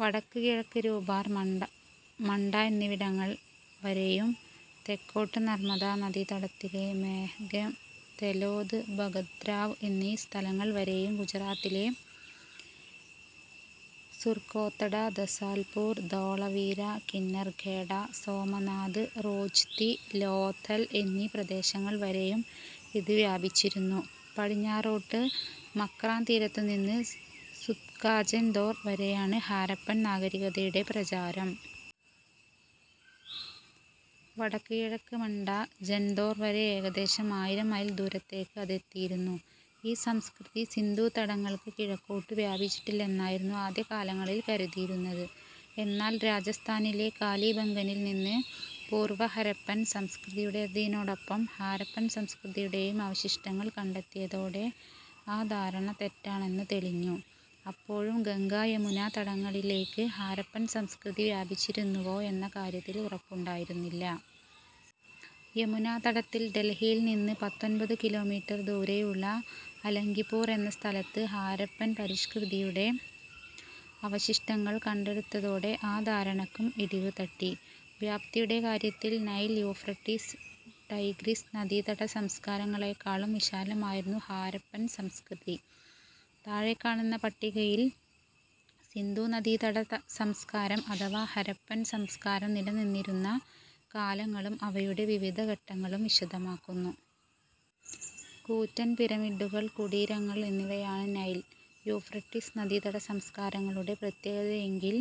വടക്കുകിഴക്ക് രൂപാർ, മണ്ഡ എന്നിവിടങ്ങൾ വരെയും തെക്കോട്ട് നർമദ നദീതടത്തിലെ മേഹ്ഗം, തെലോദ്, ഭഗത്രാവ് എന്നീ സ്ഥലങ്ങൾ വരെയും ഗുജറാത്തിലെ സുർകോത്തഡ, ദസാൽപൂർ, ധോളവീര, കിന്നർഖേഡ, സോമനാഥ്, റോജ്ദി, ലോഥൽ എന്നീ പ്രദേശങ്ങൾ വരെയും ഇത് വ്യാപിച്ചിരുന്നു. പടിഞ്ഞാറോട്ട് മക്രാൻ തീരത്തുനിന്ന് സുത്കാജൻദോർ വരെയാണ് ഹാരപ്പൻ നാഗരികതയുടെ പ്രചാരം. വടക്കുകിഴക്ക് മണ്ഡ, ജൻദോർ വരെ ഏകദേശം ആയിരം മൈൽ ദൂരത്തേക്ക് അതെത്തിയിരുന്നു. ഈ സംസ്കൃതി സിന്ധുതടങ്ങൾക്ക് കിഴക്കോട്ട് വ്യാപിച്ചിട്ടില്ലെന്നായിരുന്നു ആദ്യകാലങ്ങളിൽ കരുതിയിരുന്നത്. എന്നാൽ രാജസ്ഥാനിലെ കാലിബംഗനിൽ നിന്ന് പൂർവഹരപ്പൻ സംസ്കൃതിയുടേതിനോടൊപ്പം ഹാരപ്പൻ സംസ്കൃതിയുടെയും അവശിഷ്ടങ്ങൾ കണ്ടെത്തിയതോടെ ആ ധാരണ തെറ്റാണെന്ന് തെളിഞ്ഞു. അപ്പോഴും ഗംഗാ യമുനാ തടങ്ങളിലേയ്ക്ക് ഹാരപ്പൻ സംസ്കൃതി വ്യാപിച്ചിരുന്നുവോ എന്ന കാര്യത്തിൽ ഉറപ്പുണ്ടായിരുന്നില്ല. യമുനാതടത്തിൽ ഡൽഹിയിൽ നിന്ന് പത്തൊൻപത് കിലോമീറ്റർ ദൂരെയുള്ള അലംഗിപൂർ എന്ന സ്ഥലത്ത് ഹാരപ്പൻ പരിഷ്കൃതിയുടെ അവശിഷ്ടങ്ങൾ കണ്ടെടുത്തതോടെ ആ ധാരണക്കും ഇടിവ് തട്ടി. വ്യാപ്തിയുടെ കാര്യത്തിൽ നൈൽ, യൂഫ്രട്ടീസ്, ടൈഗ്രിസ് നദീതട സംസ്കാരങ്ങളെക്കാളും വിശാലമായിരുന്നു ഹാരപ്പൻ സംസ്കൃതി. താഴെക്കാണുന്ന പട്ടികയിൽ സിന്ധു നദീതട സംസ്കാരം അഥവാ ഹരപ്പൻ സംസ്കാരം നിലനിന്നിരുന്ന കാലങ്ങളും അവയുടെ വിവിധ ഘട്ടങ്ങളും വിശദമാക്കുന്നു. കൂറ്റൻ പിരമിഡുകൾ, കുടീരങ്ങൾ എന്നിവയാണ് നൈൽ, യൂഫ്രട്ടീസ് നദീതട സംസ്കാരങ്ങളുടെ പ്രത്യേകതയെങ്കിൽ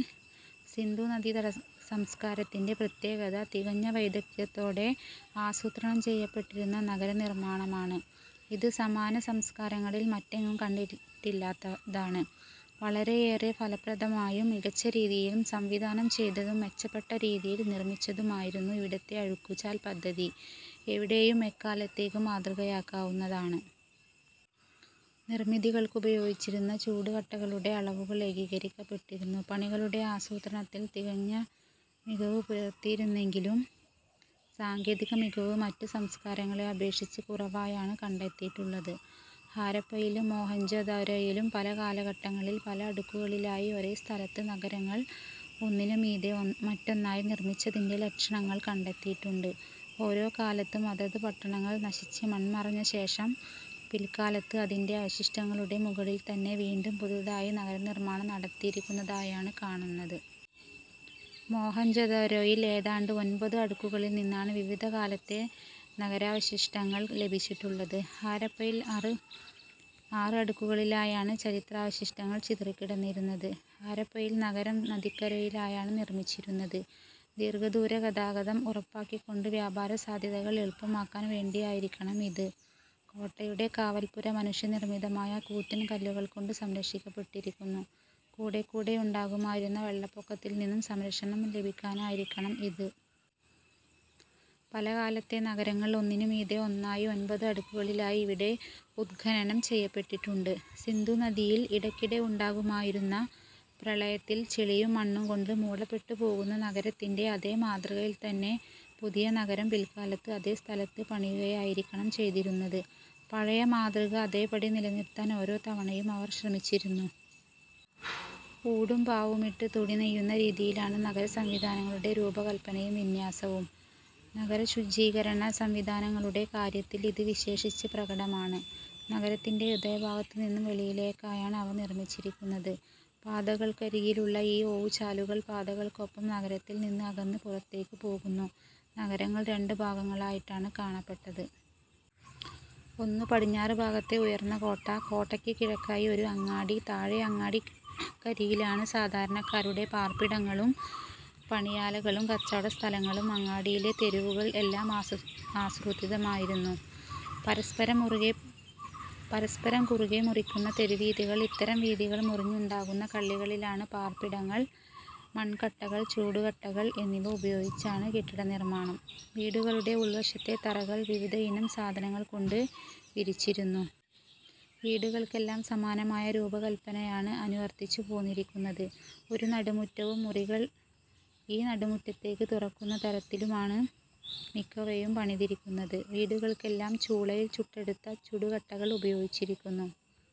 സിന്ധു നദീതട സംസ്കാരത്തിൻ്റെ പ്രത്യേകത തികഞ്ഞ വൈദഗ്ധ്യത്തോടെ ആസൂത്രണം ചെയ്യപ്പെട്ടിരുന്ന നഗരനിർമ്മാണമാണ്. ഇത് സമാന സംസ്കാരങ്ങളിൽ മറ്റെങ്ങും കണ്ടിട്ടില്ലാത്തതാണ്. വളരെയേറെ ഫലപ്രദമായും മികച്ച രീതിയിലും സംവിധാനം ചെയ്തതും മെച്ചപ്പെട്ട രീതിയിൽ നിർമ്മിച്ചതുമായിരുന്നു. ഇവിടത്തെ അഴുക്കുചാൽ പദ്ധതി എവിടെയും എക്കാലത്തേക്കും മാതൃകയാക്കാവുന്നതാണ്. നിർമ്മിതികൾക്കുപയോഗിച്ചിരുന്ന ചുടുകട്ടകളുടെ അളവുകൾ ഏകീകരിക്കപ്പെട്ടിരുന്നു. പണികളുടെ ആസൂത്രണത്തിൽ തികഞ്ഞ മികവ് പുലർത്തിയിരുന്നെങ്കിലും സാങ്കേതിക മികവ് മറ്റു സംസ്കാരങ്ങളെ അപേക്ഷിച്ച് കുറവായാണ് കണ്ടെത്തിയിട്ടുള്ളത്. ഹാരപ്പയിലും മോഹൻജൊ ദാരോയിലും പല കാലഘട്ടങ്ങളിൽ പല അടുക്കുകളിലായി ഒരേ സ്ഥലത്ത് നഗരങ്ങൾ ഒന്നിനുമീതെ മറ്റൊന്നായി നിർമ്മിച്ചതിൻ്റെ ലക്ഷണങ്ങൾ കണ്ടെത്തിയിട്ടുണ്ട്. ഓരോ കാലത്തും അതത് പട്ടണങ്ങൾ നശിച്ച് മൺമറഞ്ഞശേഷം പിൽക്കാലത്ത് അതിൻ്റെ അവശിഷ്ടങ്ങളുടെ മുകളിൽ തന്നെ വീണ്ടും പുതുതായി നഗരനിർമ്മാണം നടത്തിയിരിക്കുന്നതായാണ് കാണുന്നത്. മൊഹൻജൊദാരോയിൽ ഏതാണ്ട് ഒൻപത് അടുക്കുകളിൽ നിന്നാണ് വിവിധ കാലത്തെ നഗരാവശിഷ്ടങ്ങൾ ലഭിച്ചിട്ടുള്ളത്. ഹരപ്പയിൽ ആറ് അടുക്കുകളിലായാണ് ചരിത്രാവശിഷ്ടങ്ങൾ ചിതറിക്കിടന്നിരുന്നത്. ഹാരപ്പയിൽ നഗരം നദിക്കരയിലായാണ് നിർമ്മിച്ചിരുന്നത്. ദീർഘദൂര ഗതാഗതം ഉറപ്പാക്കിക്കൊണ്ട് വ്യാപാരസാധ്യതകൾ എളുപ്പമാക്കാൻ വേണ്ടിയായിരിക്കണം ഇത്. കോട്ടയുടെ കാവൽപ്പുര മനുഷ്യനിർമ്മിതമായ കൂറ്റൻ കല്ലുകൾ കൊണ്ട് സംരക്ഷിക്കപ്പെട്ടിരിക്കുന്നു. കൂടെക്കൂടെയുണ്ടാകുമായിരുന്ന വെള്ളപ്പൊക്കത്തിൽ നിന്നും സംരക്ഷണം ലഭിക്കാനായിരിക്കണം ഇത്. പലകാലത്തെ നഗരങ്ങൾ ഒന്നിനുമീതെ ഒന്നായി ഒൻപത് അടുക്കുകളിലായി ഇവിടെ ഉത്ഖനനം ചെയ്യപ്പെട്ടിട്ടുണ്ട്. സിന്ധുനദിയിൽ ഇടക്കിടെ ഉണ്ടാകുമായിരുന്ന പ്രളയത്തിൽ ചെളിയും മണ്ണും കൊണ്ട് മൂടപ്പെട്ടുപോകുന്ന നഗരത്തിൻ്റെ അതേ മാതൃകയിൽ തന്നെ പുതിയ നഗരം പിൽക്കാലത്ത് അതേ സ്ഥലത്ത് പണിയുകയായിരിക്കണം ചെയ്തിരുന്നത്. പഴയ മാതൃക അതേപടി നിലനിർത്താൻ ഓരോ തവണയും അവർ ശ്രമിച്ചിരുന്നു. ഊടും പാവുമിട്ട് തുണി നെയ്യുന്ന രീതിയിലാണ് നഗരസംവിധാനങ്ങളുടെ രൂപകൽപ്പനയും വിന്യാസവും. നഗര ശുചീകരണ സംവിധാനങ്ങളുടെ കാര്യത്തിൽ ഇത് വിശേഷിച്ച് പ്രകടമാണ്. നഗരത്തിൻ്റെ ഹൃദയഭാഗത്തുനിന്നും വെളിയിലേക്കായാണ് അവ നിർമ്മിച്ചിരിക്കുന്നത്. പാതകൾക്കരികിലുള്ള ഈ ഓവുചാലുകൾ പാതകൾക്കൊപ്പം നഗരത്തിൽ നിന്ന് അകന്ന് പുറത്തേക്ക് പോകുന്നു. നഗരങ്ങൾ രണ്ടു ഭാഗങ്ങളായിട്ടാണ് കാണപ്പെട്ടത്. ഒന്ന്, പടിഞ്ഞാറുഭാഗത്തെ ഉയർന്ന കോട്ട. കോട്ടയ്ക്ക് കിഴക്കായി ഒരു അങ്ങാടി. താഴെ അങ്ങാടിക്കരികിലാണ് സാധാരണക്കാരുടെ പാർപ്പിടങ്ങളും പണിയാലകളും കച്ചവടസ്ഥലങ്ങളും. അങ്ങാടിയിലെ തെരുവുകൾ എല്ലാം ആസൂത്രിതമായിരുന്നു. പരസ്പരം കുറുകെ മുറിക്കുന്ന തെരുവീഥികൾ, ഇത്തരം വീഥികൾ മുറിഞ്ഞുണ്ടാകുന്ന കള്ളികളിലാണ് പാർപ്പിടങ്ങൾ. മൺകട്ടകൾ, ചുടുകട്ടകൾ എന്നിവ ഉപയോഗിച്ചാണ് കെട്ടിടനിർമ്മാണം. വീടുകളുടെ ഉൾവശത്തെ തറകൾ വിവിധയിനം സാധനങ്ങൾ കൊണ്ട് വിരിച്ചിരുന്നു. വീടുകൾക്കെല്ലാം സമാനമായ രൂപകൽപനയാണ് അനുവർത്തിച്ചുപോന്നിരിക്കുന്നത്. ഒരു നടുമുറ്റവും, മുറികൾ ഈ നടുമുറ്റത്തേക്ക് തുറക്കുന്ന തരത്തിലുമാണ് മിക്കവയും പണിതിരിക്കുന്നത്. വീടുകൾക്കെല്ലാം ചൂളയിൽ ചുട്ടെടുത്ത ചുടുകട്ടകൾ ഉപയോഗിച്ചിരിക്കുന്നു..